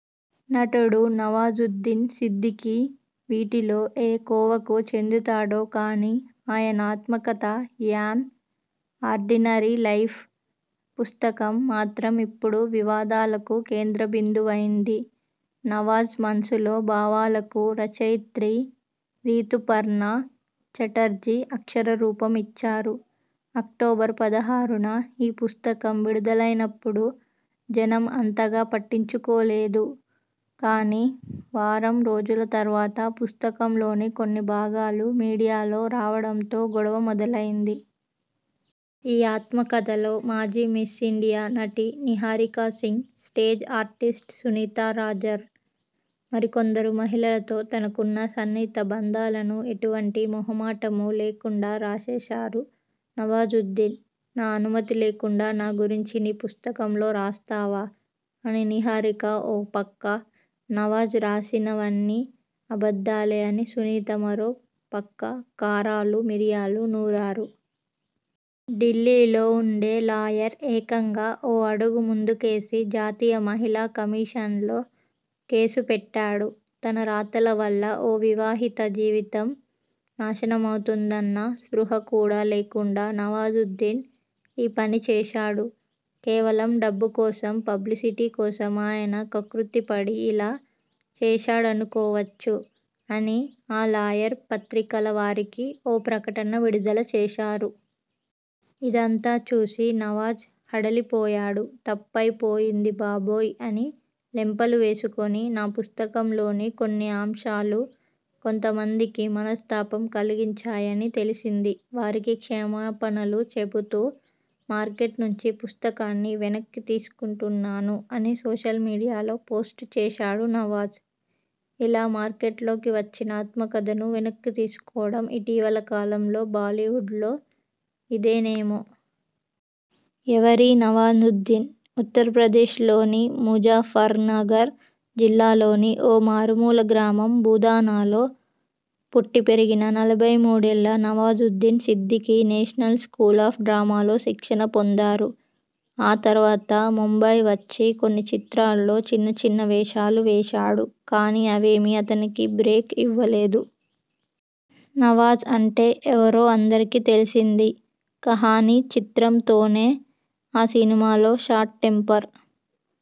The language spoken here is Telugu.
నటుడు నవాజుద్దీన్ సిద్ధికీ వీటిలో ఏ కోవకు చెందుతాడో కానీ ఆయన ఆత్మకథ 'యాన్ ఆర్డినరీ లైఫ్' పుస్తకం మాత్రం ఇప్పుడు వివాదాలకు కేంద్ర బిందువైంది. నవాజ్ మనసులో భావాలకు రచయిత్రి రీతూపర్ణ ఛటర్జీ అక్షర రూపం ఇచ్చారు. అక్టోబర్ పదహారున ఈ పుస్తకం విడుదలైనప్పుడు జనం అంతగా పట్టించుకోలేదు కానీ వారం రోజుల తర్వాత పుస్తకంలోని కొన్ని భాగాలు మీడియాలో రావడంతో గొడవ మొదలైంది. ఈ ఆత్మకథలో మాజీ మిస్ ఇండియా, నటి నిహారికా సింగ్, స్టేజ్ ఆర్టిస్ట్ సునీతా రాజర్, మరికొందరు మహిళలతో తనకున్న సన్నిహిత బంధాలను ఎటువంటి మొహమాటమూ లేకుండా రాసేశారు నవాజుద్దీన్. 'నా అనుమతి లేకుండా నా గురించి నీ పుస్తకంలో రాస్తావా? ' అని నిహారిక ఓ పక్క, 'నవాజ్ రాసినవన్నీ అబద్ధాలే' అని సునీత మరో పక్క కారాలూ మిరియాలూ నూరారు., ఢిల్లీలో ఉండే లాయర్ ఏకంగా ఓ అడుగు ముందుకేసి జాతీయ మహిళా కమిషన్లో కేసు పెట్టాడు. ' తన రాతల వల్ల ఓ వివాహిత జీవితం నాశనమవుతుందన్న స్పృహ కూడా లేకుండా నవాజుద్దీన్ ఈ పని చేశాడు. కేవలం డబ్బు కోసం, పబ్లిసిటీ కోసం ఆయన కక్కుర్తి పడి ఇలా చేశాడనుకోవచ్చు' అని ఆ లాయర్ పత్రికల వారికీ ఓ ప్రకటన విడుదల చేశారు. ఇదంతా చూసి నవాజ్ హడలిపోయాడు. 'తప్పయిపోయింది బాబోయ్' అని లెంపలు వేసుకొని ' నా పుస్తకంలోని కొన్ని అంశాలు. కొంతమందికి మనస్థాపం కలిగించాయని తెలిసింది. వారికి క్షమాపణలు చెబుతూ మార్కెట్ నుంచి పుస్తకాన్ని వెనక్కి తీసుకొంటున్నాను' అని సోషల్ మీడియాలో పోస్ట్ చేశాడు నవాజ్. ఇలా మార్కెట్లోకి వచ్చిన ఆత్మకథను వెనక్కి తీసుకోవడం ఇటీవల కాలంలో బాలీవుడ్లో ఇదేనేమో! ఎవరీ నవాజుద్దీన్? ఉత్తరప్రదేశ్లోని ముజ ఫర్నగర్ జిల్లాలోని ఓ మారుమూల గ్రామం బుధానాలో పుట్టి పెరిగిన నలభై మూడు ఏళ్ల Nawazuddin Siddiqui national school of డ్రామాలో శిక్షణ పొందారు. ఆ తర్వాత ముంబై వచ్చి కొన్ని చిత్రాల్లో చిన్న చిన్న వేషాలు వేశాడు కానీ అవేమీ అతనికి బ్రేక్ ఇవ్వలేదు. నవాజ్ అంటే ఎవరో అందరికీ తెలిసింది 'కహానీ' చిత్రంతోనే ఆ సినిమాలో షార్ట్ టెంపర్